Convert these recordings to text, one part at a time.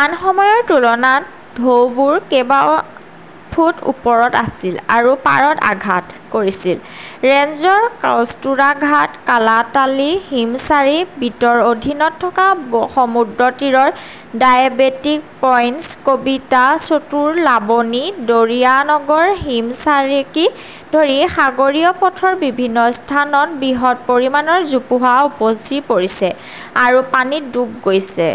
আন সময়ৰ তুলনাত ঢৌবোৰ কেইবা ফুট ওপৰত আছিল আৰু পাৰত আঘাত কৰিছিল। ৰেঞ্জৰ কস্তুৰাঘাট, কালাতালী, হিমচাৰী বিটৰ অধীনত থকা সমুদ্ৰতীৰৰ ডায়েবেটিক পইণ্ট, কবিতা চতুৰ, লাবনী, দৰিয়ানগৰ, হিমচাৰীকে ধৰি সাগৰীয় পথৰ বিভিন্ন স্থানত বৃহৎ পৰিমাণৰ জোপোহা উপচি পৰিছে আৰু পানীত ডুব গৈছে।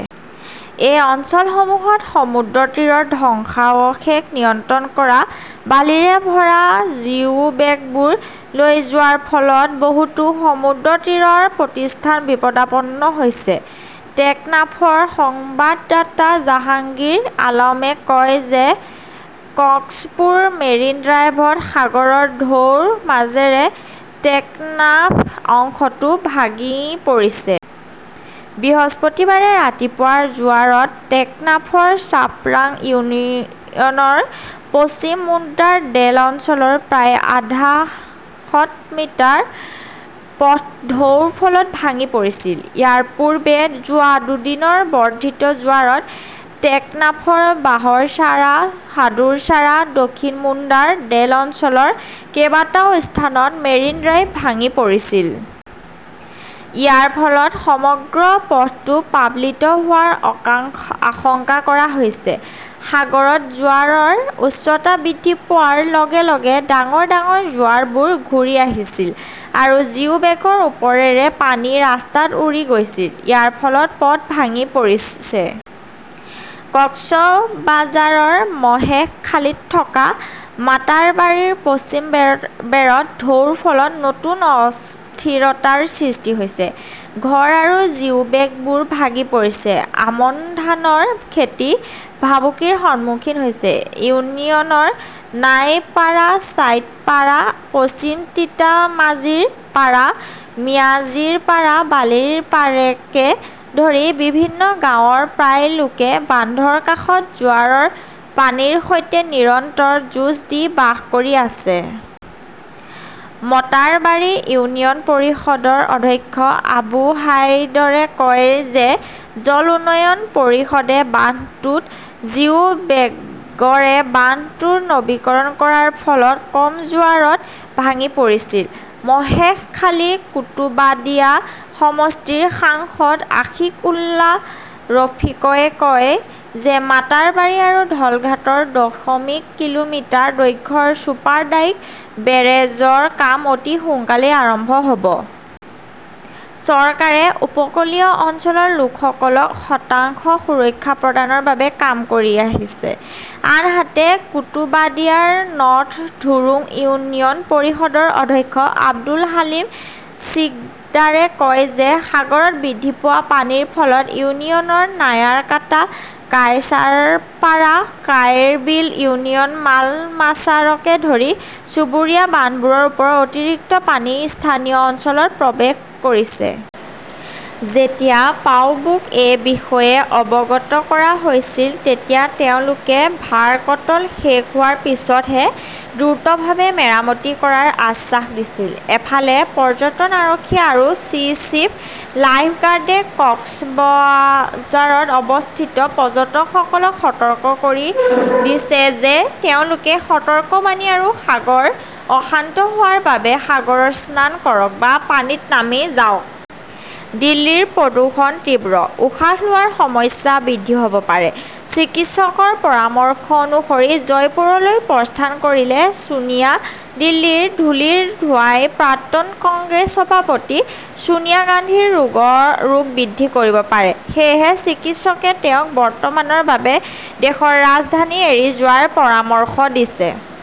এই অঞ্চলসমূহত সমুদ্ৰতীৰৰ ধ্বংসাৱশেষ নিয়ন্ত্ৰণ কৰা বালিৰে ভৰা জিও বেগবোৰ লৈ যোৱাৰ ফলত বহুতো সমুদ্ৰতীৰৰ প্ৰতিষ্ঠান বিপদাপন্ন হৈছে। টেকনাফৰ সংবাদদাতা জাহাংগীৰ আলমে কয় যে কক্সপুৰ মেৰিন ড্ৰাইভত সাগৰৰ ঢৌৰ মাজেৰে টেকনাফ অংশটো ভাঙি পৰিছে। বৃহস্পতিবাৰে ৰাতিপুৱাৰ জোৱাৰত টেকনাফৰ চাবৰাং ইউনিয়নৰ পশ্চিম মুণ্ডাৰ ডেল অঞ্চলৰ প্ৰায় আধাশত মিটাৰ পথ ঢৌৰ ফলত ভাঙি পৰিছিল। ইয়াৰ পূৰ্বে যোৱা দুদিনৰ বৰ্ধিত জোৱাৰত টেকনাফৰ বাহৰছাৰা, হাদুৰছাৰা, দক্ষিণ মুণ্ডাৰ ডেল অঞ্চলৰ কেইবাটাও স্থানত মেৰিন ড্ৰাইভ ভাঙি পৰিছিল। ইয়াৰ ফলত সমগ্ৰ পথটো প্লাবিত হোৱাৰ আশংকা কৰা হৈছে। সাগৰত জোৱাৰৰ উচ্চতা বৃদ্ধি পোৱাৰ লগে লগে ডাঙৰ ডাঙৰ জোৱাৰবোৰ ঘূৰি আহিছিল আৰু জিও বেগৰ ওপৰেৰে পানী ৰাস্তাত উৰি গৈছিল। ইয়াৰ ফলত পথ ভাঙি পৰিছে। কক্সবাজাৰৰ মহেশখালীত থকা মাটাৰবাৰীৰ পশ্চিম বেৰত ঢৌৰ ফলত নতুন অস্থিৰতাৰ সৃষ্টি হৈছে। ঘৰ আৰু জিওবেগবোৰ ভৰি পৰিছে। আমন ধানৰ খেতি ভাবুকিৰ সন্মুখীন হৈছে। ইউনিয়নৰ নয়াপাৰা, চাইটপাৰা, পশ্চিম তিতা মাঝিৰ পাৰা, মিয়াজিৰ পাৰা, বালিৰ পাৰাকে ধৰি বিভিন্ন গাঁৱৰ প্ৰায় লোকে বান্ধৰ কাষত জোৱাৰৰ পানীৰ সৈতে নিৰন্তৰ যুঁজ দি বাস কৰি আছে। মটাৰবাৰী ইউনিয়ন পৰিষদৰ অধ্যক্ষ আবু হাইদৰে কয় যে জল উন্নয়ন পৰিষদে বান্ধটোত জিও বেগৰে বান্ধটোৰ নৱীকৰণ কৰাৰ ফলত কম জোৱাৰত ভাঙি পৰিছিল। মহেশখালী-কুতুবাদিয়া সমষ্টিৰ সাংসদ আশিক উল্লা ৰফিকই কয় যে মাটাৰবাৰী আৰু ধলঘাটাত দশমিক কিলোমিটাৰ দৈৰ্ঘ্যৰ ছুপাৰ ডাইক বেৰেজৰ কাম অতি সোনকালেই আৰম্ভ হʼব। চৰকাৰে উপকূলীয় অঞ্চলৰ লোকসকলক শতাংশত সুৰক্ষা প্ৰদানৰ বাবে কাম কৰি আছে। আনহাতে, কুতুবাদিয়াৰ নৰ্থ ধুৰুং ইউনিয়ন পৰিষদৰ অধ্যক্ষ আব্দুল হালিম সিকদাৰে কয় যে সাগৰত বৃদ্ধি পোৱা পানীৰ ফলত ইউনিয়নৰ নায়াৰাকাটা, কায়চাৰপাৰা, কায়ৰবিল ইউনিয়নৰ মলমাচাৰকে ধৰি চুবুৰীয়া বান্ধবোৰৰ ওপৰত অতিৰিক্ত পানী স্থানীয় অঞ্চলত প্ৰৱেশ কৰিছে। যেতিয়া পাউবোক এই বিষয়ে অৱগত কৰা হৈছিল, তেতিয়া তেওঁলোকে ভাৰাকটল শেষ হোৱাৰ পিছতহে দ্ৰুতভাৱে মেৰামতি কৰাৰ আশ্বাস দিছিল। ইফালে, পৰ্যটন আৰক্ষী আৰু চি. চিভ. লাইফ গাৰ্ডে কক্সবাঝাৰত অৱস্থিত পৰ্যটকসকলক সতৰ্ক কৰি দিছে যে তেওঁলোকে সতৰ্কবাণী আৰু সাগৰ অশান্ত হোৱাৰ বাবে সাগৰত স্নান কৰক বা পানীত নামি যাওক। দিল্লীৰ প্ৰদূষণ তীব্ৰ, উশাহ লোৱাৰ সমস্যা বৃদ্ধি হ'ব পাৰে, চিকিৎসকৰ পৰামৰ্শ অনুসৰি জয়পুৰলৈ প্ৰস্থান কৰিলে ছোনিয়া দিল্লীৰ ধূলিৰ ধোঁৱাই প্ৰাক্তন কংগ্ৰেছ সভাপতি ছোনিয়া গান্ধীৰ ৰোগ বৃদ্ধি কৰিব পাৰে। সেয়েহে চিকিৎসকে তেওঁক বৰ্তমানৰ বাবে দেশৰ ৰাজধানী এৰি যোৱাৰ পৰামৰ্শ দিছে।